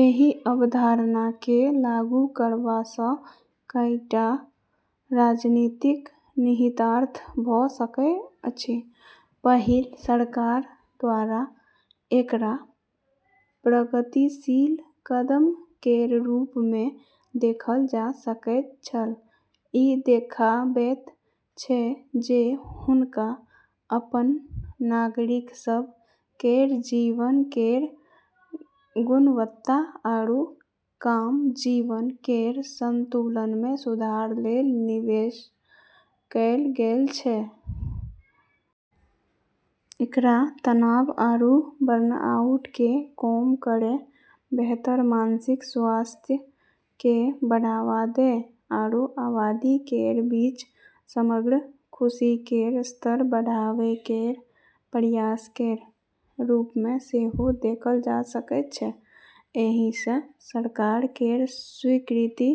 एहि अवधारणा केँ लागू करबा सँ कईटा राजनीतिक निहितार्थ भऽ सकैत अछि। पहिल, सरकार द्वारा एकरा प्रगतिशील कदम केर रूप मे देखल जा सकैत छल। ई देखाबैत छै जे हुनका अपन नागरिक सभ केर जीवन केर गुणवत्ता आरू काम-जीवन केर संतुलन मे सुधार लेल निवेश कएल गेल छै। एकरा तनाव आरू बर्नआउट केँ कम करै, बेहतर मानसिक स्वास्थ्य केँ बढ़ावा दै, आरू आबादी केर बीच समग्र खुशी केर स्तर बढ़ाबै केर प्रयास केर रूप मे सेहो देखल जा सकैत छै। एहि सँ सरकार केर स्वीकृति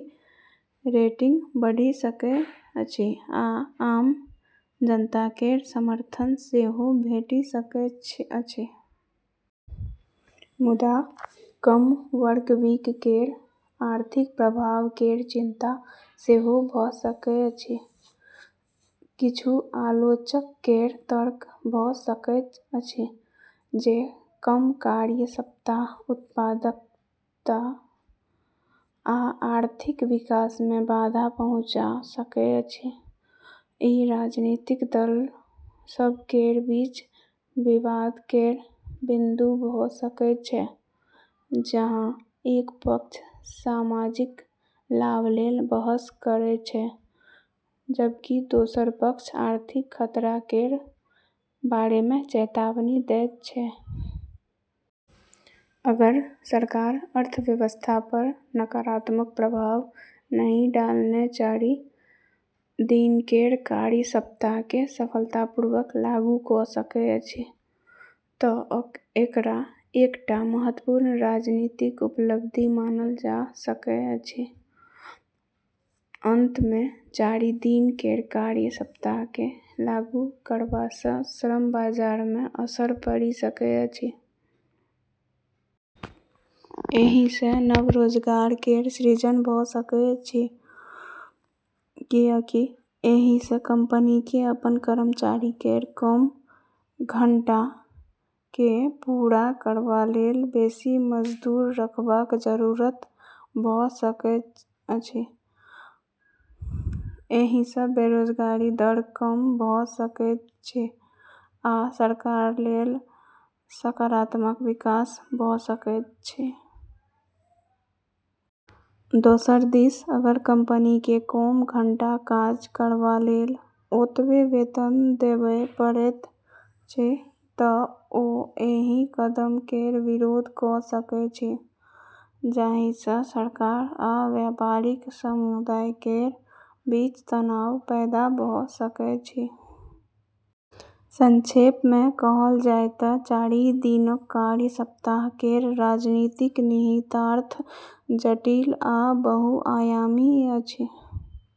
रेटिंग बढ़ि सकैत अछि आ आम जनता केर समर्थन सेहो भेटि सकैत अछि। मुदा, कम वर्कवीक केर आर्थिक प्रभाव केर चिंता सेहो भऽ सकैत अछि। किछु आलोचक केर तर्क भऽ सकैत अछि जे कम कार्य सप्ताह उत्पादकता आ आर्थिक विकास मे बाधा पहुँचा सकैत अछि। ई राजनीतिक दल सभ केर बीच विवाद केर बिंदु भऽ सकैत छै, जहाँ एक पक्ष सामाजिक लाभ लेल बहस करैत छै जबकि दोसर पक्ष आर्थिक खतरा केर बारे मे चेतावनी दैत छै। अगर सरकार अर्थव्यवस्था पर नकारात्मक प्रभाव नहि डालने चारि दिन केर कार्य सप्ताह केँ सफलतापूर्वक लागू कऽ सकैत अछि तँ एकरा एकटा महत्वपूर्ण राजनीतिक उपलब्धि मानल जा सकैत अछि। अंत मे चारि दिन केर कार्य सप्ताह केँ लागू करबा सँ श्रम बाजार मे असर पड़ि सकैत अछि। एहि सँ नव रोजगार केर सृजन भऽ सकैत अछि, कियाक एहि सँ कंपनी केँ अपन कर्मचारी केर कम घंटा केँ पूरा करबा लेल बेसी मजदूर रखबाक जरूरत भऽ सकैत अछि। एहि सँ बेरोजगारी दर कम भऽ सकैत अछि आ सरकार लेल सकारात्मक विकास भऽ सकैत अछि। दोसर दिस अगर कंपनी केँ कम घंटा काज करबा लेल ओतबे वेतन देबए पड़ैत अछि तँ ओ एहि कदम केर विरोध कऽ सकैत अछि, जाहि सँ सरकार आ व्यापारिक समुदाय केर बीच तनाव पैदा भऽ सकैत अछि। संक्षेप मे कहल जाय तँ चारि दिनक कार्य सप्ताह केर राजनीतिक निहितार्थ जटिल आ बहुआयामी अछि।